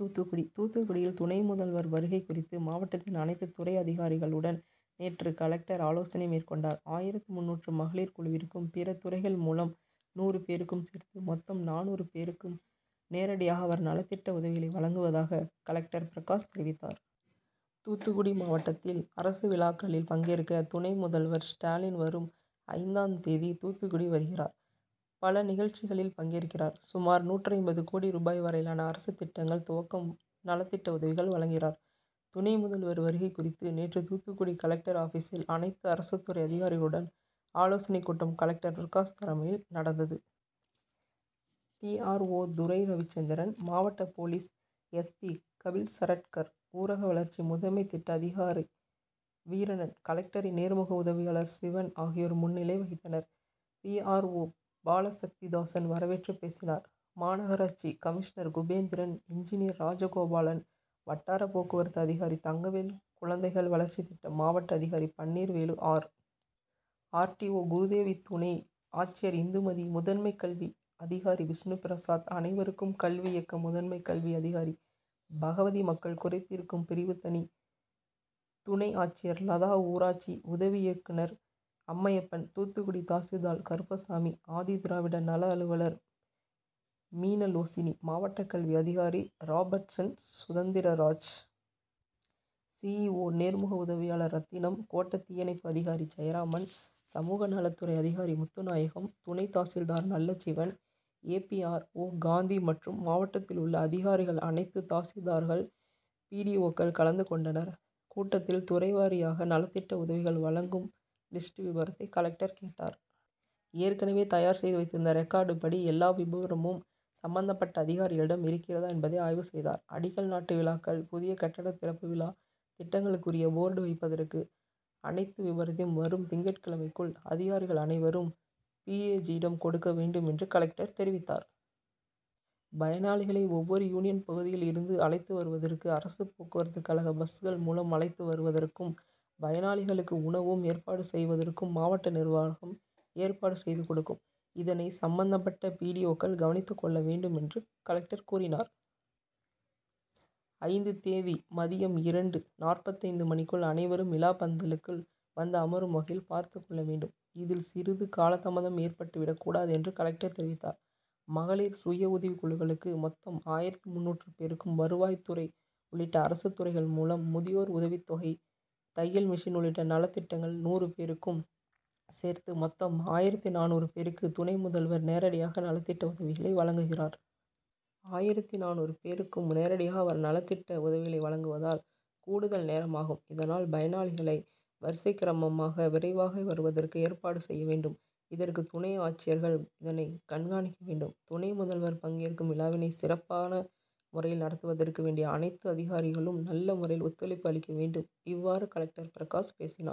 தூத்துக்குடி தூத்துக்குடியில் துணை முதல்வர் வருகை குறித்து மாவட்டத்தின் அனைத்து துறை அதிகாரிகளுடன் நேற்று கலெக்டர் ஆலோசனை மேற்கொண்டார். ஆயிரத்து முன்னூறு மகளிர் குழுவிற்கும் பிற துறைகள் மூலம் நூறு பேருக்கும் சேர்த்து மொத்தம் நானூறு பேருக்கு நேரடியாக அவர் நலத்திட்ட உதவிகளை வழங்குவதாக கலெக்டர் பிரகாஷ் தெரிவித்தார். தூத்துக்குடி மாவட்டத்தில் அரசு விழாக்களில் பங்கேற்க துணை முதல்வர் ஸ்டாலின் வரும் ஐந்தாம் தேதி தூத்துக்குடி வருகிறார். பல நிகழ்ச்சிகளில் பங்கேற்கிறார். சுமார் நூற்று ஐம்பது கோடி ரூபாய் வரையிலான அரசு திட்டங்கள் துவக்கம் நலத்திட்ட உதவிகள் வழங்குகிறார். துணை முதல்வர் வருகை குறித்து நேற்று தூத்துக்குடி கலெக்டர் ஆபிசில் அனைத்து அரசுத்துறை அதிகாரிகளுடன் ஆலோசனை கூட்டம் கலெக்டர் பிரகாஷ் தலைமையில் நடந்தது. D. R. O Durai. Ravichandran மாவட்ட police S. P Kapil Saratkar ஊரக வளர்ச்சி முகமை திட்ட அதிகாரி வீரனன் கலெக்டரின் நேர்முக உதவியாளர் சிவன் ஆகியோர் முன்னிலை வகித்தனர். பி. ஆர். ஓ பாலசக்திதாசன் வரவேற்றுப் பேசினார். மாநகராட்சி கமிஷனர் குபேந்திரன் இன்ஜினியர் ராஜகோபாலன் வட்டார போக்குவரத்து அதிகாரி தங்கவேல் குழந்தைகள் வளர்ச்சி திட்ட மாவட்ட அதிகாரி Panneervelu R. D. O Gurudevi துணை ஆட்சியர் இந்துமதி முதன்மை கல்வி அதிகாரி விஷ்ணுபிரசாத் அனைவருக்கும் கல்வி இயக்க முதன்மை கல்வி அதிகாரி பகவதி மக்கள் குறைதீர்க்கும் பிரிவு தனி துணை ஆட்சியர் லதா ஊராட்சி உதவி இயக்குநர் அம்மையப்பன் தூத்துக்குடி தாசில்தார் கருப்பசாமி ஆதிதிராவிட நல அலுவலர் மீனலோசினி மாவட்ட கல்வி அதிகாரி ராபர்ட்சன் சுதந்திரராஜ் சி. இ. ஓ நேர்முக உதவியாளர் ரத்தினம் கோட்ட தீயணைப்பு அதிகாரி ஜெயராமன் சமூகநலத்துறை அதிகாரி முத்துநாயகம் துணை தாசில்தார் Nallasivan A. P. R. O Gandhi மற்றும் மாவட்டத்தில் உள்ள அதிகாரிகள் அனைத்து தாசில்தார்கள் பி. டி. ஓக்கள் கலந்து கொண்டனர். கூட்டத்தில் துறைவாரியாக நலத்திட்ட உதவிகள் வழங்கும் லிஸ்ட் விபரத்தை கலெக்டர் கேட்டார். ஏற்கனவே தயார் செய்து வைத்திருந்த ரிக்கார்டு படி எல்லா விபரமும் சம்பந்தப்பட்ட அதிகாரிகளிடம் இருக்கிறதா என்பதை ஆய்வு செய்தார். அடிக்கல் நாட்டு விழாக்கள் புதிய கட்டட திறப்பு விழா திட்டங்களுக்குரிய போர்டு வைப்பதற்கு அனைத்து விபரத்தையும் வரும் திங்கட்கிழமைக்குள் அதிகாரிகள் அனைவரும் பி. ஏ. ஜியிடம் கொடுக்க வேண்டும் என்று கலெக்டர் தெரிவித்தார். பயனாளிகளை ஒவ்வொரு யூனியன் பகுதியில் இருந்து அழைத்து வருவதற்கு அரசு போக்குவரத்துகழக பஸ்கள் மூலம் அழைத்து வருவதற்கும் பயனாளிகளுக்கு உணவும் ஏற்பாடு செய்துவதற்கும் மாவட்ட நிர்வாகம் ஏற்பாடு செய்து கொடுக்கும். இதனை சம்பந்தப்பட்ட பி. டி. ஓக்கள் கவனித்து கொள்ள வேண்டும் என்று கலெக்டர் கூறினார். ஐந்து தேதி மதியம் இரண்டு.நாற்பத்தைந்து மணிக்குள் அனைவரும் விழா பந்தலுக்குள் வந்து அமரும் வகையில் பார்த்து கொள்ள வேண்டும். இதில் சிறிதும் காலதாமதம் ஏற்பட்டு விடக் கூடாது என்று கலெக்டர் தெரிவித்தார். மகளிர் சுய உதவிக்குழுக்களுக்கு மொத்தம் ஆயிரத்து முன்னூறு பேருக்கும் வருவாய்துறை உள்ளிட்ட அரசு துறைகள் மூலம் முதியோர் உதவித் தொகை தையல் மிஷின் உள்ளிட்ட நலத்திட்டங்கள் நூறு பேருக்கும் சேர்த்து மொத்தம் ஆயிரத்து நானூறு பேருக்கு துணை முதல்வர் நேரடியாக நலத்திட்ட உதவிகளை வழங்குகிறார். ஆயிரத்து நானூறு பேருக்கு நேரடியாக அவர் நலத்திட்ட உதவிகளை வழங்குவதால் கூடுதல் நேரம் ஆகும். இதனால் பயனாளிகளை வரிசைக்கிரமாக விரைவாக வருவதற்கு ஏற்பாடு செய்ய வேண்டும். இதற்கு துணை ஆட்சியர்கள் இதனை கண்காணிக்க வேண்டும். துணை முதல்வர் பங்கேற்கும் விழாவினை சிறப்பான முறையில் நடத்துவதற்கு வேண்டிய அனைத்து அதிகாரிகளும் நல்ல முறையில் ஒத்துழைப்பு அளிக்க வேண்டும். இவ்வாறு கலெக்டர் பிரகாஷ் பேசினார்.